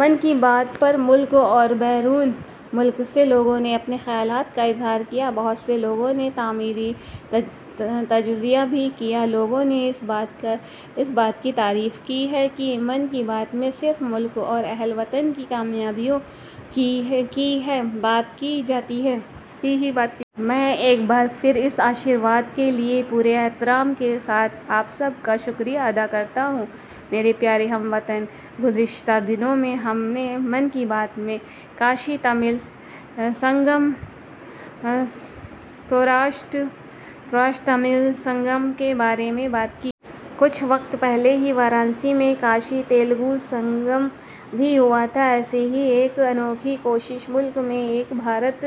'من کی بات' پر ملک اور بیرون ملک سے لوگوں نے اپنے خیالات کا اظہار کیا ہے۔ بہت سے لوگوں نے تعمیری تجزیہ بھی کیا ہے۔ لوگوں نے اس بات کی تعریف کی ہے کہ 'من کی بات' میں صرف ملک اور اہل وطن کی کامیابیوں کی ہی بات کی جاتی ہے۔ میں ایک بار پھر اس آشیرواد کے لیے پورے احترام کے ساتھ آپ سب کا شکریہ ادا کرتا ہوں۔ میرے پیارے ہم وطنو، گذشتہ دنوں میں ہم نے 'من کی بات' میں کاشی-تمل سنگم، سوراشٹر-تمل سنگم کے بارے میں بات کی۔ کچھ وقت پہلے ہی وارانسی میں کاشی-تیلگو سنگمم بھی ہوا تھا۔ ایسی ہی ایک انوکھی کوشش ملک میں ایک بھارت،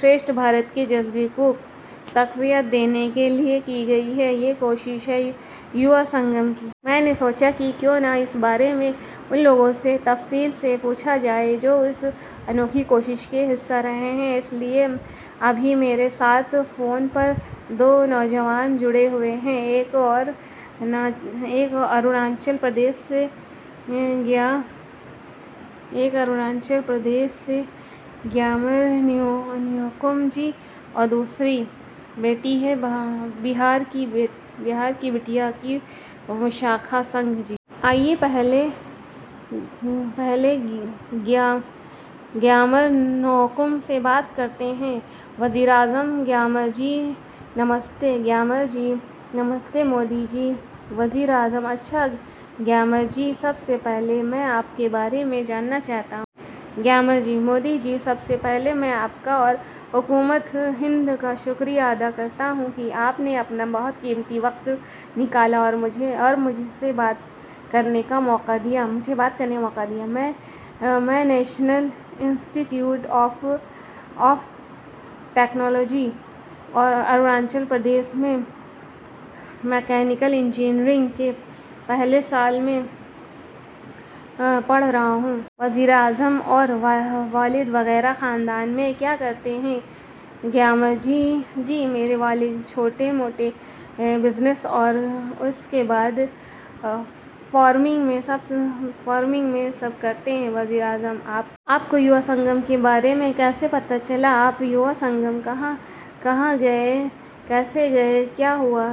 شریشٹھ بھارت کے جذبے کو تقویت دینے کے لیے کی گئی ہے۔ یہ کوشش ہے ، یووا سنگم کی۔ میں نے سوچا کہ کیوں نہ اس بارے میں ان لوگوں سے تفصیل سے پوچھا جائے ، جو اس انوکھی کوشش کا حصہ رہے ہیں۔ اس لیے ابھی میرے ساتھ فون پر دو نوجوان جڑے ہوئے ہیں – ایک اروناچل پردیش سے گیامر نیوکُم جی اور دوسری بیٹی ہے ، بہار کی بٹیا کی وشاکھا سنگھ جی۔ آئیے پہلے گیامر نیوکُم سے بات کرتے ہیں۔ وزیر اعظم: گیامر جی، نمستے! گیامر جی: نمستے مودی جی! وزیر اعظم: اچھا گیامر جی، سب سے پہلے میں آپ کے بارے میں جاننا چاہتا ہوں۔ گیامر جی – مودی جی، سب سے پہلے میں آپ کا اور حکومت ہند کا شکریہ ادا کرتا ہوں کہ آپ نے اپنا بہت قیمتی وقت نکالا اور مجھے بات کرنے کا موقع دیا، میں national institute of technology, Arunachal Pradesh میں مکینیکل انجینئرنگ کے پہلے سال میں پڑھ رہا ہوں۔ وزیر اعظم: اور والد وغیرہ خاندان میں کیا کرتے ہیں ؟ گیامر جی: جی ، میرے والد چھوٹے موٹے بزنس اور اس کے بعد فارمنگ میں سب کرتے ہیں۔ وزیر اعظم: آپ کو یووا سنگم کے بارے میں کیسے پتہ چلا، آپ یووا سنگم کہاں گئے، کیسے گئے، کیا ہوا؟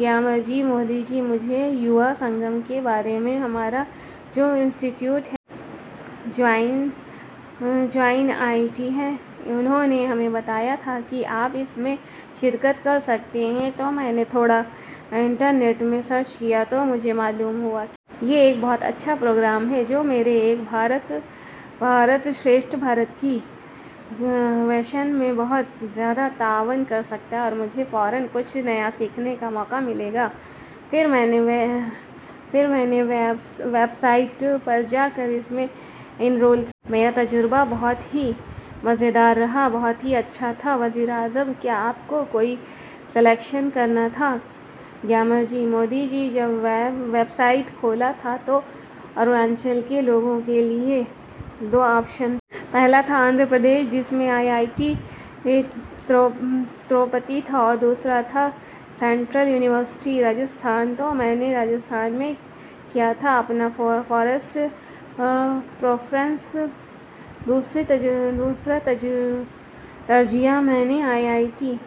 گیامر جی: مودی جی، مجھے یووا سنگم کے بارے میں ، ہمارا جو انسٹی ٹیوٹ ہے ، جو این آئی ٹی ہیں ، انہوں نے ہمیں بتایا تھا کہ آپ اس میں شرکت کر سکتے ہیں تو میں نے تھوڑا انٹرنیٹ میں سرچ کیا تو مجھے معلوم ہوا کہ یہ ایک بہت اچھا پروگرام ہے، جو میرے ایک بھارت شریشٹھ بھارت کے ویژن میں بہت زیادہ تعاون کر سکتا ہے اور مجھے فوراً کچھ نیا سیکھنے کا موقع ملے گا، پھر میں نے ویب سائٹ پر جا کر اس میں اینرول کرا۔ میرا تجربہ بہت ہی مزیدار رہا ، بہت ہی اچھا تھا۔ وزیراعظم: کیا آپ کو کوئی سلیکشن کرنا تھا؟ گیامر جی: مودی جی ، جب ویب سائٹ کھولا تھا تو اروناچل کے لوگوں کے لیے دو آپشن تھے۔ پہلا تھا ، آندھرا پردیش ، جس میں آئی آئی ٹی تروپتی تھا اور دوسرا تھا ، سنٹرل یونیورسٹی، راجستھان۔ تو میں نے راجستھان میں کیا تھا ، اپنا فرسٹ پریفرینس۔ دوسری ترجیح میں نے آئی آئی. نئی دہلی۔